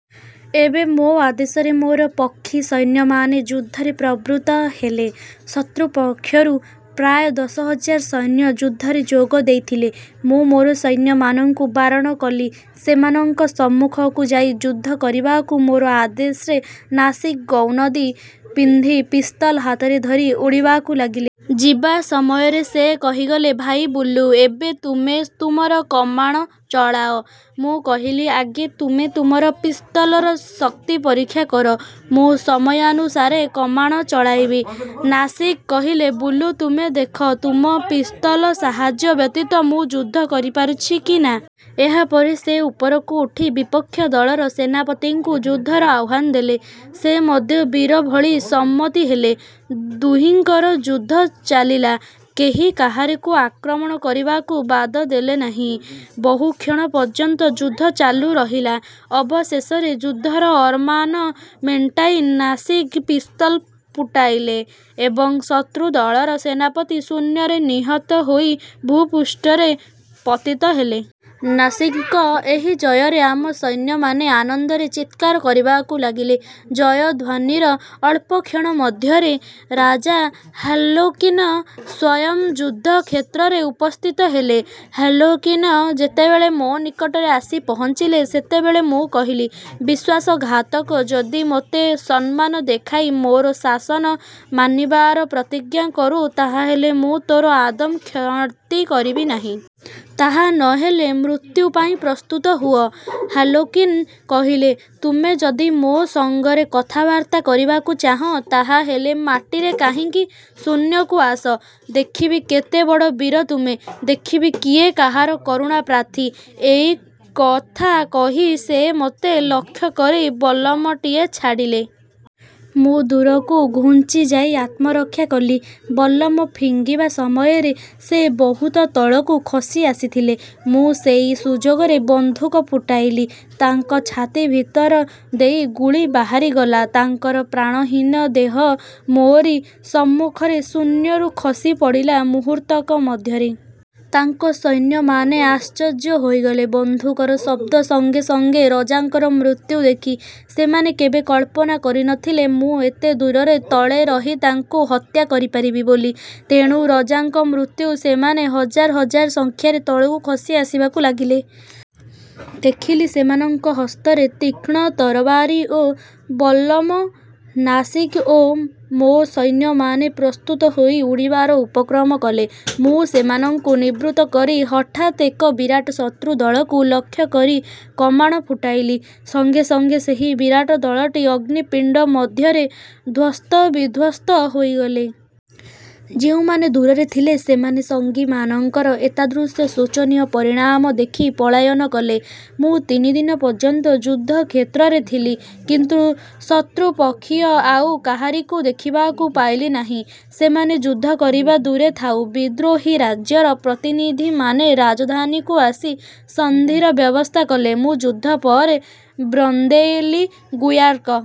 ଏବେ ମୋ ଆଦେଶରେ ମୋର ପକ୍ଷୀ ସୈନ୍ୟମାନେ ଯୁଦ୍ଧରେ ପ୍ରବୃତ୍ତ ହେଲେ। ଶତ୍ରୁପକ୍ଷରୁ ପ୍ରାୟ ଦଶ ହଜାର ସୈନ୍ୟ ଯୁଦ୍ଧରେ ଯୋଗ ଦେଇଥିଲେ। ମୁଁ ମୋର ସୈନ୍ୟମାନଙ୍କୁ ବାରଣ କଲି ସେମାନଙ୍କ ସମ୍ମୁଖକୁ ଯାଇ ଯୁଦ୍ଧ କରିବାକୁ। ମୋର ଆଦେଶରେ ନାସିଗ୍ ଗ୍ରୌନଦି ପିନ୍ଧି ପିସ୍ତଲ ହାତରେ ଧରି ଉଡ଼ିବାକୁ ଲାଗିଲେ। ଯିବା ସମୟରେ ସେ କହିଗଲେ, ଭାଇ ବୁଲୁ! ଏବେ ତୁମେ ତୁମର କମାଣ ଚଳାଅ। ମୁଁ କହିଲି, ଆଗେ ତୁମେ ତୁମର ପିସ୍ତଲର ଶକ୍ତି ପରୀକ୍ଷା କର। ମୁଁ ସମୟାନୁସାରେ କମାଣ ଚଳାଇବି। ନାସିଗ୍ କହିଲେ-ବୁଲୁ ତୁମେ ଦେଖ ତୁମ ପିସ୍ତଲ ସାହାଯ୍ୟ ବ୍ୟତୀତ ମୁଁ ଯୁଦ୍ଧ କରିପାରୁଛି କି ନା? ଏହାପରେ ସେ ଉପରକୁ ଉଠି ବିପକ୍ଷ ଦଳର ସେନାପତିଙ୍କୁ ଯୁଦ୍ଧର ଆହ୍ୱାନ ଦେଲେ। ସେ ମଧ୍ୟ ବୀରଭଳି ସମ୍ମତି ହେଲେ। ଦୁହିଁଙ୍କର ଯୁଦ୍ଧ ଚାଲିଲା। କେହି କାହାରିକୁ ଆକ୍ରମଣ କରିବାକୁ ବାଦ ଦେଲେ ନାହିଁ। ବହୁକ୍ଷଣ ପର୍ଯ୍ୟନ୍ତ ଯୁଦ୍ଧ ଚାଲୁ ରହିଲା। ଅବଶେଷରେ ଯୁଦ୍ଧର ଅରମାନ ମେଣ୍ଟାଇ ନାସିଗ୍ ପିସ୍ତଲ ପୁଟାଇଲେ ଏବଂ ଶତ୍ରୁଦଳର ସେନାପତି ଶୂନ୍ୟରେ ନିହତ ହୋଇ ଭୂପୃଷ୍ଠରେ ପତିତ ହେଲେ। ନାସିଗ୍ଙ୍କ ଏହି ଜୟରେ ଆମ ସୈନ୍ୟମାନେ ଆନନ୍ଦରେ ଚିତ୍କାର କରିବାକୁ ଲାଗିଲେ। ଜୟଧ୍ୱନିର ଅଳ୍ପକ୍ଷଣ ମଧ୍ୟରେ ରାଜା ହାର୍ଲୋକିନ ସ୍ୱୟଂ ଯୁଦ୍ଧକ୍ଷେତ୍ରରେ ଉପସ୍ଥିତ ହେଲେ। ହାର୍ଲୋକିନ ଯେତେବେଳେ ମୋ ନିକଟରେ ଆସି ପହଞ୍ଚିଲେ, ସେତେବେଳେ ମୁଁ କହିଲି, ''ବିଶ୍ୱାସଘାତକ! ଯଦି ମୋତେ ସମ୍ମାନ ଦେଖାଇ ମୋର ଶାସନ ମାନିବାର ପ୍ରତିଜ୍ଞା କରୁ ତାହାହେଲେ ମୁଁ ତୋର ଆଦୌ କ୍ଷତି କରିବି ନାହିଁ। ତାହା ନ ହେଲେ ମୃତ୍ୟୁପାଇଁ ପ୍ରସ୍ତୁତ ହୁଅ। '' ହାର୍ଲୋକିନ କହିଲେ, ''ତୁମେ ଯଦି ମୋ ସଙ୍ଗରେ କଥାବାର୍ତ୍ତା କରିବାକୁ ଚାହଁ, ତାହାହେଲେ ମାଟିରେ କାହିଁକି, ଶୂନ୍ୟକୁ ଆସ। ଦେଖିବି କେତେ ବଡ଼ ବୀର ତୁମେ। ଦେଖିବି କିଏ କାହାର କରୁଣାପ୍ରାର୍ଥୀ। '' ଏଇ କଥା କହି ସେ ମୋତେ ଲକ୍ଷ୍ୟ କରି ବଲ୍ଲମଟିଏ ଛାଟିଲେ। ମୁଁ ଦୂରକୁ ଘୁଞ୍ଚିଯାଇ ଆତ୍ମରକ୍ଷା କଲି। ବଲ୍ଲମ ଫିଙ୍ଗିବା ସମୟରେ ସେ ବହୁତ ତଳକୁ ଖସି ଆସିଥିଲେ। ମୁଁ ସେଇ ସୁଯୋଗରେ ବନ୍ଧୁକ ଫୁଟାଇଲି। ତାଙ୍କ ଛାତି ଭିତର ଦେଇ ଗୁଳି ବାହାରିଗଲା। ତାଙ୍କର ପ୍ରାଣହୀନ ଦେହ ମୋରି ସମ୍ମୁଖରେ ଶୂନ୍ୟରୁ ଖସିପଡ଼ିଲା ମୁହୂର୍ତ୍ତକ ମଧ୍ୟରେ। ତାଙ୍କ ସୈନ୍ୟମାନେ ଆଶ୍ଚର୍ଯ୍ୟ ହୋଇଗଲେ ବନ୍ଧୁକର ଶବ୍ଦ ସଙ୍ଗେ ସଙ୍ଗେ ରଜାଙ୍କର ମୃତ୍ୟୁ ଦେଖି। ସେମାନେ କେବେ କଳ୍ପନା କରିନଥିଲେ ମୁଁ ଏତେ ଦୂରରେ ତଳେ ରହି ତାଙ୍କୁ ହତ୍ୟା କରିପାରିବି ବୋଲି। ତେଣୁ ରଜାଙ୍କ ମୃତ୍ୟୁ ସେମାନେ ହଜାର ହଜାର ସଂଖ୍ୟାରେ ତଳକୁ ଖସି ଆସିବାକୁ ଲାଗିଲେ। ଦେଖିଲି ସେମାନଙ୍କ ହସ୍ତରେ ତୀକ୍ଷ୍ଣ ତରବାରୀ ଓ ବଲ୍ଲମ। ନାସିଗ୍ ଓ ମୋ ସୈନ୍ୟମାନେ ପ୍ରସ୍ତୁତ ହୋଇ ଉଡ଼ିବାର ଉପକ୍ରମ କଲେ। ମୁଁ ସେମାନଙ୍କୁ ନିବୃତ୍ତ କରି ହଠାତ୍ ଏକ ବିରାଟ ଶତ୍ରୁଦଳକୁ ଲକ୍ଷ୍ୟ କରି କମାଣ ଫୁଟାଇଲି। ସଙ୍ଗେ ସଙ୍ଗେ ସେହି ବିରାଟ ଦଳଟି ଅଗ୍ନି ପିଣ୍ଡ ମଧ୍ୟରେ ଧ୍ୱସ୍ତବିଧ୍ୱସ୍ତ ହୋଇଗଲେ। ଯେଉଁମାନେ ଦୂରରେ ଥିଲେ ସେମାନେ ସଙ୍ଗୀମାନଙ୍କର ଏତାଦୃଶ ଶୋଚନୀୟ ପରିଣାମ ଦେଖି ପଳାୟନ କଲେ। ମୁଁ ତିନିଦିନ ପର୍ଯ୍ୟନ୍ତ ଯୁଦ୍ଧକ୍ଷେତ୍ରରେ ଥିଲି, କିନ୍ତୁ ଶତ୍ରୁପକ୍ଷୀୟ ଆଉ କାହାରିକୁ ଦେଖିବାକୁ ପାଇଲି ନାହିଁ। ସେମାନେ ଯୁଦ୍ଧ କରିବା ଦୂରେ ଥାଉ; ବିଦ୍ରୋହୀ ରାଜ୍ୟର ପ୍ରତିନିଧିମାନେ ରାଜଧାନୀକୁ ଆସି ସନ୍ଧିର ବ୍ୟବସ୍ଥା କଲେ। ମୁଁ ଯୁଦ୍ଧ ପରେ ବ୍ରନ୍ଦେଲିଗୁୟାର୍କ